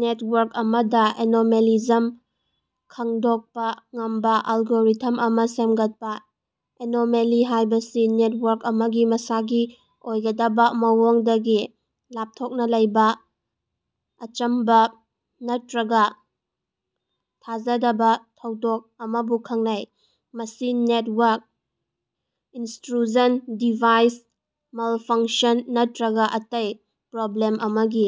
Network ꯑꯃꯗ ꯑꯦꯅꯣꯃꯦꯂꯤꯖꯝꯁꯤꯡ ꯈꯪꯗꯣꯛꯄ ꯉꯝꯕ ꯑꯦꯜꯒꯣꯔꯤꯊꯝ ꯑꯃ ꯁꯦꯝꯒꯠꯄ ꯫ ꯑꯦꯅꯣꯃꯦꯂꯤ ꯍꯥꯢꯕꯁꯤ ꯅꯦꯇꯋꯥꯔꯛ ꯑꯃꯒꯤ ꯃꯁꯥꯒꯤ ꯑꯣꯏꯒꯗꯕ ꯃꯑꯣꯡꯗꯒꯤ ꯂꯥꯞꯊꯣꯛꯅ ꯂꯩꯕꯥ ꯑꯆꯝꯕ ꯅꯠꯇ꯭ꯔꯒ ꯊꯥꯖꯗꯕ ꯊꯧꯗꯣꯛ ꯑꯃꯕꯨ ꯈꯪꯅꯩ꯫ ꯃꯁꯤ ꯅꯦꯇꯋꯥꯔꯛ ꯏꯅꯇ꯭ꯔꯨꯁꯟ, ꯗꯤꯚꯥꯏꯁ ꯃꯥꯜꯐꯡꯁꯟ ꯅꯠꯇ꯭ꯔꯒ ꯑꯇꯩ ꯄ꯭ꯔꯣꯕ꯭ꯂꯦꯝ ꯑꯃꯒꯤ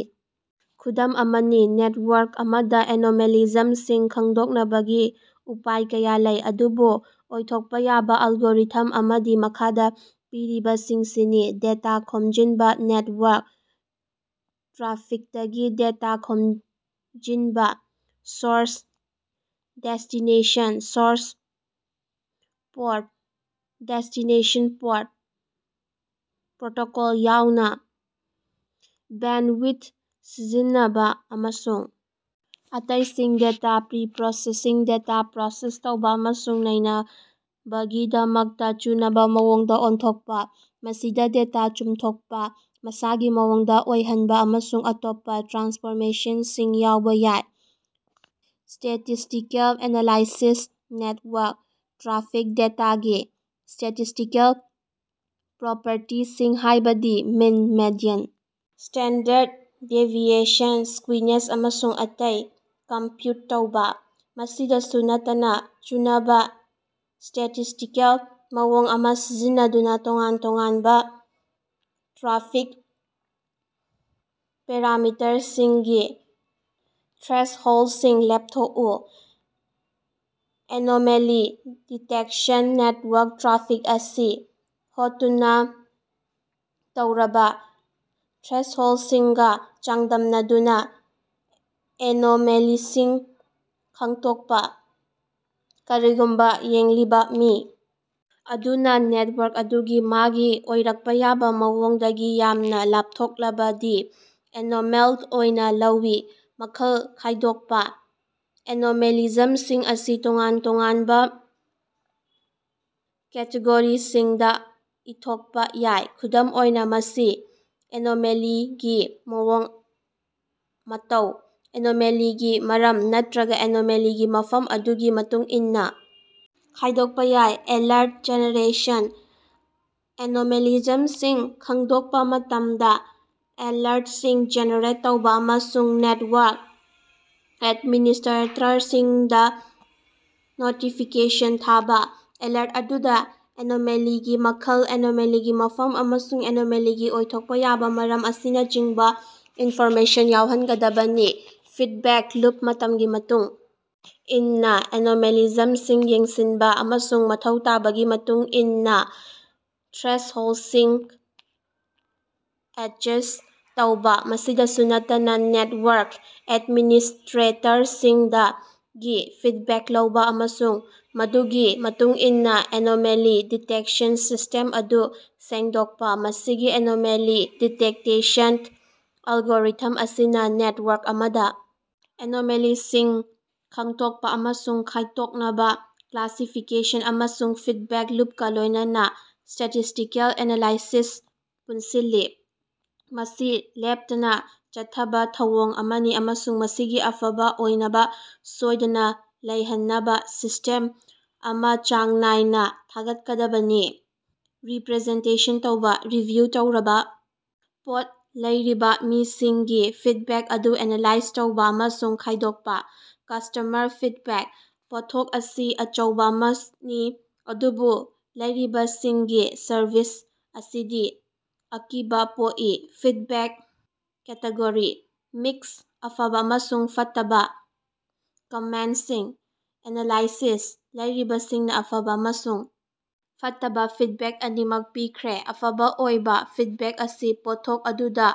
ꯈꯨꯗꯝ ꯑꯃꯅꯤ꯫ ꯅꯦꯇꯋꯥꯔꯛ ꯑꯃꯗ ꯑꯦꯅꯣꯃꯦꯂꯤꯖꯝꯁꯤꯡ ꯈꯪꯗꯣꯛꯅꯕꯒꯤ ꯎꯄꯥꯏ ꯀꯌꯥ ꯂꯩ꯫ ꯑꯗꯨꯕꯨ ꯑꯣꯏꯊꯣꯛꯄ ꯌꯥꯕ ꯑꯦꯜꯒꯣꯔꯤꯊꯝ ꯑꯃꯗꯤ ꯃꯈꯥꯗ ꯄꯤꯔꯤꯕꯁꯤꯡꯁꯤꯅꯤ ꯗꯦꯇꯥ ꯈꯣꯝꯖꯟꯕ ꯅꯦꯇꯋꯥꯔꯛ ꯇ꯭ꯔꯥꯐꯤꯛꯇꯒꯤ ꯗꯦꯇꯥ ꯈꯣꯝꯖꯤꯟꯕ, source, destination, source port, destination port, protocol ꯌꯥꯎꯅꯥ꯫ ꯕꯦꯟꯗꯋꯤꯊ ꯁꯤꯖꯤꯟꯅꯕ ꯑꯃꯁꯨꯡ ꯑꯇꯩꯁꯤꯡ꯫ ꯗꯦꯇꯥ ꯄ꯭ꯔꯤꯄ꯭ꯔꯣꯁꯦꯁꯤꯡ ꯗꯦꯇꯥ ꯄ꯭ꯔꯣꯁꯦꯁ ꯇꯧꯕꯥ ꯑꯃꯁꯨꯡ ꯅꯩꯅꯕꯒꯤꯗꯃꯛꯇ ꯆꯨꯅꯕ ꯃꯑꯣꯡꯗ ꯑꯣꯟꯊꯣꯛꯄ꯫ ꯃꯁꯤꯗ ꯗꯦꯇꯥ ꯆꯨꯝꯊꯣꯛꯄ, ꯃꯁꯥꯒꯤ ꯃꯑꯣꯡꯗ ꯑꯣꯏꯍꯟꯕ ꯑꯃꯁꯨꯡ ꯑꯇꯣꯞꯄ ꯇ꯭ꯔꯥꯟꯁꯐꯣꯔꯃꯦꯁꯟꯁꯤꯡ ꯌꯥꯎꯕ ꯌꯥꯏ꯫ ꯁ꯭ꯇꯦꯇꯤꯁꯇꯤꯀꯦꯜ ꯑꯦꯅꯥꯂꯥꯏꯁꯤꯁ ꯅꯦꯇꯋꯥꯔꯛ ꯇ꯭ꯔꯥꯐꯤꯛ ꯗꯦꯇꯥꯒꯤ ꯁ꯭ꯇꯦꯇꯤꯁꯇꯤꯀꯦꯜ ꯄ꯭ꯔꯣꯄꯔꯇꯤꯁꯤꯡ ꯍꯥꯢꯕꯗꯤ mean, median, standard deviation, skewness ꯑꯃꯁꯨꯡ ꯑꯇꯩ ꯀꯝꯄ꯭ꯌꯨꯠ ꯇꯧꯕꯥ꯫ ꯃꯁꯤꯗꯁꯨ ꯅꯠꯇꯅ ꯆꯨꯅꯕ ꯁ꯭ꯇꯦꯇꯤꯁꯇꯤꯀꯦꯜ ꯃꯑꯣꯡ ꯑꯃ ꯁꯤꯖꯤꯟꯅꯗꯨꯅ ꯇꯣꯉꯥꯟ-ꯇꯣꯉꯥꯟꯕ ꯇ꯭ꯔꯥꯐꯤꯛ ꯄꯦꯔꯥꯃꯤꯇꯔꯁꯤꯡꯒꯤ ꯊ꯭ꯔꯦꯁꯍꯣꯜꯗꯁꯤꯡ ꯂꯦꯞꯊꯣꯛꯎ꯫ ꯑꯦꯅꯣꯃꯦꯂꯤ ꯗꯤꯇꯦꯛꯁꯟ ꯅꯦꯇꯋꯥꯔꯛ ꯇ꯭ꯔꯥꯐꯤꯛ ꯑꯁꯤ ꯍꯣꯠꯇꯨꯅ ꯇꯧꯔꯕ ꯊ꯭ꯔꯦꯁꯍꯣꯜꯗꯁꯤꯡꯒ ꯆꯥꯡꯗꯝꯅꯗꯨꯅ ꯑꯦꯅꯣꯃꯦꯂꯤꯁꯤꯡ ꯈꯡꯗꯣꯛꯄ꯫ ꯀꯔꯤꯒꯨꯝꯕ ꯌꯦꯡꯂꯤꯕ ꯃꯤ ꯑꯗꯨꯅ ꯅꯦꯇꯋꯥꯔꯛ ꯑꯗꯨꯒꯤ ꯃꯥꯒꯤ ꯑꯣꯏꯔꯛꯄ ꯌꯥꯕ ꯃꯑꯣꯡꯗꯒꯤ ꯌꯥꯝꯅ ꯂꯥꯞꯊꯣꯛꯂꯕꯗꯤ ꯑꯦꯅꯣꯃꯦꯜ ꯑꯣꯏꯅ ꯂꯧꯏ꯫ ꯃꯈꯜ ꯈꯥꯏꯗꯣꯛꯄ: ꯑꯦꯅꯣꯃꯦꯂꯤꯖꯝꯁꯤꯡ ꯑꯁꯤ ꯇꯣꯉꯥꯟ ꯇꯣꯉꯥꯟꯕ ꯀꯦꯇꯦꯒꯣꯔꯤꯁꯤꯡꯗ ꯏꯗꯣꯛꯄ ꯌꯥꯏ꯫ ꯈꯨꯗꯝ ꯑꯣꯏꯅ ꯃꯁꯤ ꯑꯦꯅꯣꯃꯦꯂꯤꯒꯤ ꯃꯑꯣꯡ-ꯃꯇꯧ, ꯑꯦꯅꯣꯃꯦꯂꯤꯒꯤ ꯃꯔꯝ ꯅꯠꯇ꯭ꯔꯒꯥ ꯑꯦꯅꯣꯃꯦꯂꯤꯒꯤ ꯃꯐꯝ ꯑꯗꯨꯒꯤ ꯃꯇꯨꯡꯏꯟꯅ ꯈꯥꯏꯗꯣꯛꯄ ꯌꯥꯏ꯫ ꯑꯦꯂꯔꯠ ꯖꯦꯅꯦꯔꯦꯁꯟ: ꯑꯦꯅꯣꯃꯦꯂꯤꯖꯝꯁꯤꯡ ꯈꯡꯗꯣꯛꯄ ꯃꯇꯝꯗ ꯑꯦꯂꯔꯇꯁꯤꯡ ꯖꯦꯅꯦꯔꯦꯠ ꯇꯧꯕꯥ ꯑꯃꯁꯨꯡ ꯅꯦꯇꯋꯥꯔꯛ ꯑꯦꯗꯃꯤꯅꯤꯁꯇ꯭ꯔꯦꯇꯔꯁꯤꯡꯗ ꯅꯣꯇꯤꯐꯤꯀꯦꯁꯟ ꯊꯥꯕꯥ꯫ ꯑꯦꯂꯔꯠ ꯑꯗꯨꯗ ꯑꯦꯅꯣꯃꯦꯂꯤꯒꯤ ꯃꯈꯜ, ꯑꯦꯅꯣꯃꯦꯂꯤꯒꯤ ꯃꯐꯝ ꯑꯃꯁꯨꯡ ꯑꯦꯅꯣꯃꯦꯂꯤꯒꯤ ꯑꯣꯏꯊꯣꯛꯄ ꯌꯥꯕ ꯃꯔꯝ ꯑꯁꯤꯅꯆꯤꯡꯕ ꯏꯟꯐꯣꯔꯃꯦꯁꯟ ꯌꯥꯎꯍꯟꯒꯗꯕꯅꯤ꯫ ꯐꯤꯗꯕꯦꯛ ꯂꯨꯞ ꯃꯇꯝꯒꯤ ꯃꯇꯨꯡ ꯏꯟꯅ ꯑꯦꯅꯣꯃꯦꯂꯤꯖꯝꯁꯤꯡ ꯌꯦꯡꯁꯤꯟꯕ ꯑꯃꯁꯨꯡ ꯃꯊꯧ ꯇꯥꯕꯒꯤ ꯃꯇꯨꯡ ꯏꯟꯅ ꯊ꯭ꯔꯦꯁꯍꯣꯜꯗꯁꯤꯡ ꯑꯦꯗꯖꯁ꯭ꯠ ꯇꯧꯕꯥ꯫ ꯃꯁꯤꯗꯁꯨ ꯅꯠꯇꯅ ꯅꯦꯇꯋꯥꯔꯛ ꯑꯦꯗꯃꯤꯅꯤꯁꯇ꯭ꯔꯦꯇꯔꯁꯤꯡꯗꯒꯤ ꯐꯤꯗꯕꯦꯛ ꯂꯧꯕ ꯑꯃꯁꯨꯡ ꯃꯗꯨꯒꯤ ꯃꯇꯨꯡꯏꯟꯅ ꯑꯦꯅꯣꯃꯦꯂꯤ ꯗꯤꯇꯦꯛꯁꯟ ꯁꯤꯁꯇꯦꯝ ꯑꯗꯨ ꯁꯦꯡꯗꯣꯛꯄ ꯫ ꯃꯁꯤꯒꯤ ꯑꯦꯅꯣꯃꯦꯂꯤ ꯗꯤꯇꯦꯛꯇꯦꯁꯟ ꯑꯦꯜꯒꯣꯔꯤꯊꯝ ꯑꯁꯤꯅ ꯅꯦꯇꯋꯥꯔꯛ ꯑꯃꯗ ꯑꯦꯅꯣꯃꯦꯂꯤꯁꯤꯡ ꯈꯡꯗꯣꯛꯄ ꯑꯃꯁꯨꯡ ꯈꯥꯏꯗꯣꯛꯅꯕ ꯀ꯭ꯂꯥꯁꯤꯐꯤꯀꯦꯁꯟ ꯑꯃꯁꯨꯡ ꯐꯤꯗꯕꯦꯛ ꯂꯨꯞꯀ ꯂꯣꯢꯅꯥꯅ ꯁ꯭ꯇꯦꯇꯤꯁꯇꯤꯀꯦꯜ ꯑꯦꯅꯥꯂꯥꯏꯁꯤꯁ ꯄꯨꯟꯁꯤꯜꯂꯤ꯫ ꯃꯁꯤ ꯂꯦꯞꯇꯅ ꯆꯠꯊꯕ ꯊꯧꯑꯣꯡ ꯑꯃꯅꯤ ꯑꯃꯁꯨꯡ ꯃꯁꯤꯒꯤ ꯑꯐꯕ ꯑꯣꯏꯅꯕ ꯁꯣꯢꯗꯅ ꯂꯩꯍꯟꯅꯕ ꯁꯤꯁꯇꯦꯝ ꯑꯁꯤ ꯆꯥꯡ ꯅꯥꯏꯅ ꯊꯥꯒꯠꯀꯗꯕꯅꯤ ꯫ ꯔꯤꯄ꯭ꯔꯖꯦꯟꯇꯦꯁꯟ ꯇꯧꯕꯥ꯫ ꯔꯤꯚꯤꯌꯨ ꯇꯧꯔꯕꯥ ꯄꯣꯠ ꯂꯩꯔꯤꯕ ꯃꯤꯁꯤꯡꯒꯤ ꯐꯤꯗꯕꯦꯛ ꯑꯗꯨ ꯑꯦꯅꯥꯂꯥꯏꯖ ꯇꯧꯕꯥ ꯑꯃꯁꯨꯡ ꯈꯥꯏꯗꯣꯛꯄ ꯫ ꯀꯁꯇꯃꯔꯒꯤ ꯐꯤꯗꯕꯦꯛ: ꯄꯣꯠꯊꯣꯛ ꯑꯁꯤ ꯑꯆꯧꯕꯥ ꯑꯃꯅꯤ ꯑꯗꯨꯕꯨ ꯂꯩꯔꯤꯕꯁꯤꯡꯒꯤ ꯁꯔꯕꯤꯁ ꯑꯁꯤꯗꯤ ꯑꯀꯤꯕꯥ ꯄꯣꯛꯏ꯫ ꯐꯤꯗꯕꯦꯛ ꯀꯦꯇꯦꯒꯣꯔꯤ: ꯃꯤꯛꯁ (ꯑꯐꯕ ꯑꯃꯁꯨꯡ ꯐꯠꯇꯕ ꯀꯃꯦꯟꯇꯁꯤꯡ) ꯑꯦꯅꯥꯂꯥꯏꯁꯤꯁ: ꯂꯩꯔꯤꯕꯁꯤꯡꯅ ꯑꯐꯕ ꯑꯃꯁꯨꯡ ꯐꯠꯇꯕ ꯐꯤꯗꯕꯦꯛ ꯑꯅꯤꯃꯛ ꯄꯤꯈ꯭ꯔꯦ꯫ ꯑꯐꯕ ꯑꯣꯏꯕ ꯐꯤꯗꯕꯦꯛ ꯑꯁꯤ ꯄꯣꯠꯊꯣꯛ ꯑꯗꯨꯗ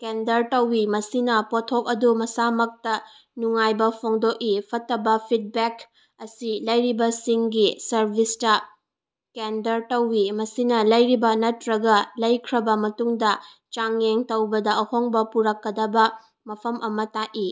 ꯀꯦꯟꯗꯔ ꯇꯧꯏ, ꯃꯁꯤꯅꯥ ꯄꯣꯠꯊꯣꯛ ꯑꯗꯨ ꯃꯁꯥꯃꯛꯇ ꯅꯨꯡꯉꯥꯏꯕ ꯐꯣꯡꯗꯣꯛꯏ꯫ ꯐꯠꯇꯕ ꯐꯤꯗꯕꯦꯛ ꯑꯁꯤ ꯂꯩꯔꯤꯕꯁꯤꯡꯒꯤ ꯁꯔꯚꯤꯁꯇ ꯀꯦꯟꯗꯔ ꯇꯧꯏ ꯃꯁꯤꯅꯥ ꯂꯩꯕꯗ ꯅꯠꯇ꯭ꯔꯒ ꯂꯩꯈ꯭ꯔꯕ ꯃꯇꯨꯡꯗ ꯆꯥꯡꯌꯦꯡ ꯇꯧꯕꯗ ꯑꯍꯣꯡꯕ ꯄꯨꯔꯛꯀꯗꯕ ꯃꯐꯝ ꯑꯃ ꯇꯥꯛꯏ꯫